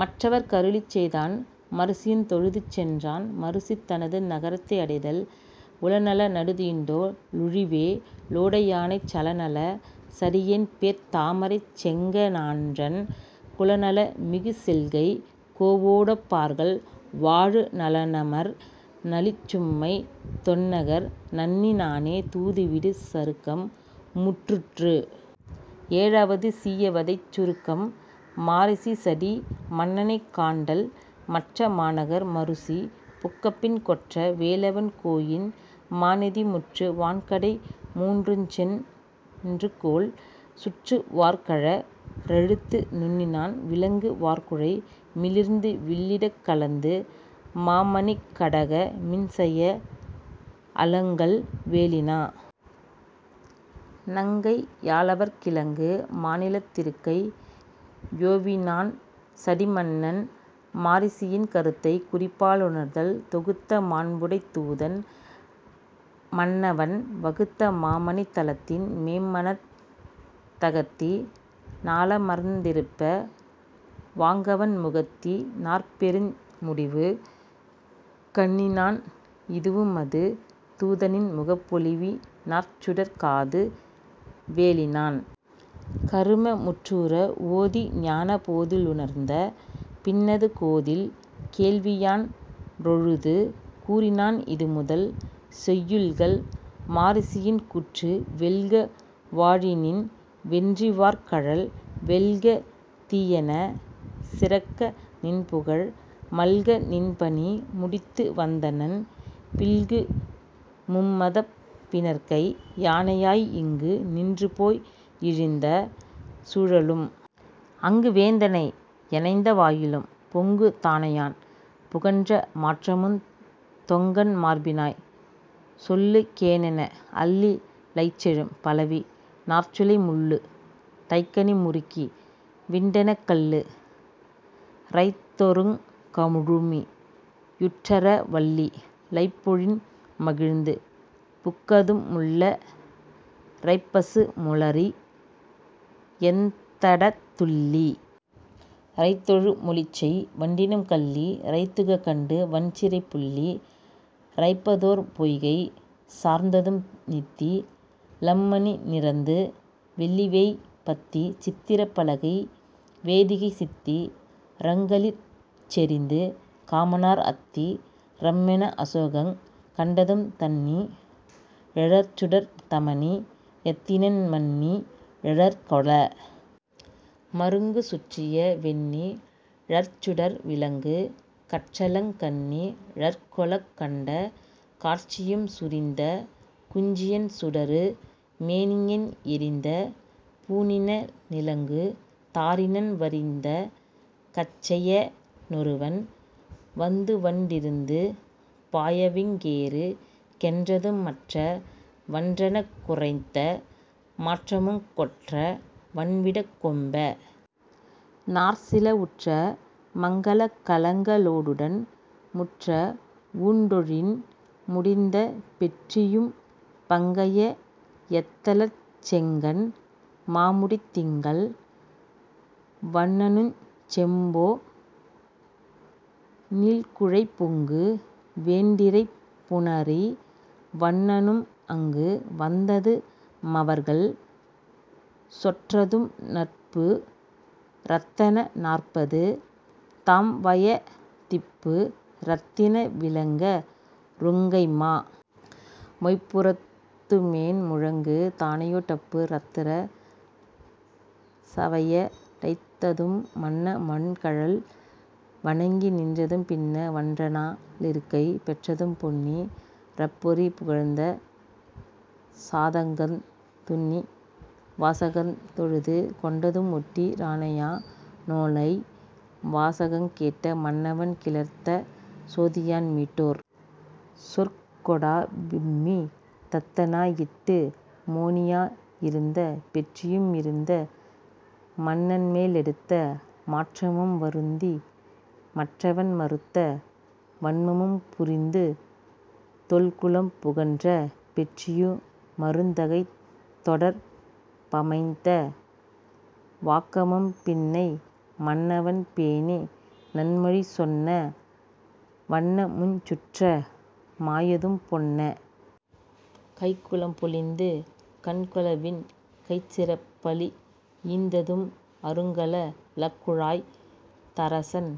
மற்றவர்க் கருளிச் செய்தான் மருசியுந் தொழுது சென்றான் மருசி தனது நகரத்தை அடைதல் உலனல னடுதிண்டோ ளூழிவே லோடை யானைச் சலநல சடியென்பேர்த் தாமரைச் செங்க ணான்றன் குலநல மிகுசெல்கைக் கோவொடொப் பார்கள் வாழு நலனமர் நளிசும்மைத் தொன்னகர் நண்ணி னானே தூதுவிடு சருக்கம் முற்றிற்று ஏழாவது சீயவதைச் சருக்கம் மரீசி சடி மன்னனைக் காண்டல் மற்ற மாநகர் மருசி புக்கபின் கொற்ற வேலவன் கோயின் மாநெதி முற்று வான்கடை மூன்றுஞ் சென்றுகோன் சுற்று வார்கழ றெழுது துன்னினான் விலங்கு வார்குழை மிளிர்ந்து வில்லிடக் கலந்து மாமணிக் கடக மின்செய அலங்கல் வேலினா னங்கை யாலவற் கிலங்கு மாநிலத் திருக்கை யேவினான் சடிமன்னன் மரீசியின் கருத்தைக் குறிப்பாலுணர்தல் தொகுத்த மாண்புடைத் தூதன் மன்னவன் வகுத்த மாமணித் தலத்தின் மேன்மனத் தகத்தி னாலமர்ந் திருப்ப வாங்கவன் முகத்தி னாற்பொருண் முடிவு கண்ணினான் இதுவுமது தூத னின்முகப் பொலிவி னாற்சுடர்க் காது வேலினான் கரும முற்றுற ஓதி ஞானிபோ லுணர்ந்த பின்னது கோதில் கேள்வியான் றொழுது கூறினான் இதுமுதல் செய்யுள்கள் மரீசியின் கூற்று வெல்க வாழிநின் வென்றிவார்கழல் செல்க தீயன சிறக்க நின்புகழ் மல்க நின்பணி முடித்து வந்தனன் பில்கு மும்மதப் பிணர்க்கை யானையாய் இங்கு நின்றுபோ யிழிந்த சூழலும் அங்கு வேந்தனை யணைந்த வாயிலும் பொங்கு தானையான் புகன்ற மாற்றமுந் தொங்கன் மார்பினாய் சொல்லு கேனெனா அள்ளி லைச்செழும் பலவி னார்சுளை முள்ளு டைக்கனி முறுகி விண்டெனக் கள்ளு றைத்தொறுங் கழுமி யூற்றறா வள்ளி லைப்பொழின் மகிழ்ந்து புக்கதும் முள்ள ரைப்பசு முளரி யந்தடத் துள்ளி ரைத்தெழு மொலிசெய் வண்டினம் கள்ளி ரைத்துகக் கண்டு வண்சிறைப் புள்ளி ரைப்பதோர் பொய்கை சார்ந்ததும் நித்தி லம்மணி நிரந்து வெள்ளிவேய் பத்தி சித்திரப் பலகை வேதிகை சித்தி ரங்களிற் செறிந்து காமனார் அத்தி ரம்மென அசோகங் கண்டதும் தன்ணி ழற்சுடர்த் தமனி யத்தினான் மன்ணி ழற்கொள மருங்கு சுற்றிய வெண்ணி ழற்சுடர் விளங்கு கற்றலங் கண்ணி ழற்கொளக் கண்ட காட்சியும் சுரிந்த குஞ்சியன் சுடரு மேனியன் எரிந்த பூணின னிலங்கு தாரினன் வரிந்த கச்சைய னொருவன் வந்துவண் டிரிந்து பாயவிங் கேறு கென்றதும் மற்ற வன்றனக் குரைத்த மாற்றமுங் கொற்ற வன்விடக் கொம்ப னார்சிலர் உற்ற மங்கலக் கலங்க ளோடுடன் முற்ற வூண்டொழின் முடிந்த பெற்றியும் பங்கய யத்தலர்ச் செங்கண் மாமுடித் திங்கள் வண்ணனுஞ் செம்பொ னீள்குழைப் பொங்கு வெண்டிரைப் புணரி வண்ணனும் அங்கு வந்தது மவர்கள் சொற்றதும் நற்பு றத்தன நாற்ப தாம்வய திப்பு ரத்தன விளங்க ருங்கைம்மா மொய்ப்பு றத்துமேன் முழங்கு தானையோ டப்பு றத்தர சவைய டைந்ததும் மன்ன வன்கழல் வணங்கி நின்றதும் பின்ன வன்றனா லிருக்கை பெற்றதும் பொன்னி றப்பொறி புகழ்ந்த சாதகந் துன்னி வாசகந் தொழுது கொண்டதும் ஓட்டி றானையா னோலை வாசகங் கேட்ட மன்னவன் கிளர்ந்த சோதியான் மீட்டொர் சொற்கொடா விம்மி தத்தனா யீட்டு மோனியா யிருந்த பெற்றியும் இருந்த மன்னன்மே லெடுத்த மாற்றமும் வருந்தி மற்றவன் மறுத்த வன்ணமும் புரிந்து தொல்குலம் புகன்ற பெற்றியு மருந் தகைத் தொடர் பமைந்த வாக்கமும் பின்னை மன்னவன் பேணி நன்மொழி சொன்ன வண்ணமுஞ் சுற்ற மாயதும் பொன்ன கைக்குலம் பொலிந்து கண்கொள வின்ன கைச்சிறப் பருளி யீந்ததும் அருங்கல லக்குழாத் தரசன்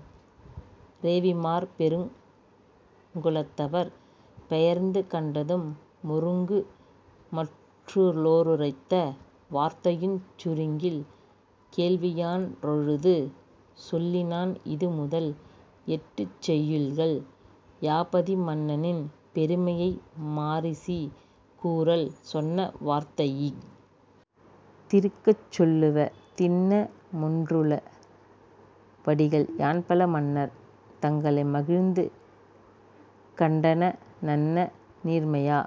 றேவிமார் பெருங்கு லத்தவர் பெயர்ந்து கண்டது மொருங்கு மற்றுளோ ருரைத்த வார்த்தையுஞ் சுருங்கில் கேள்வியான் றொழுது சொல்லினான் இதுமுதல் எட்டுச் செய்யுள்கள், பயாபதி மன்னனின் பெருமையை மரீசி கூறல் சொன்ன வார்த்தையிஃ திருக்கச் சொல்லுவ தின்ன மொன்றுள வடிகள் யான்பல மன்னர் தங்களை மகிழ்ந்து கண்டன னன்ன னீர்மையா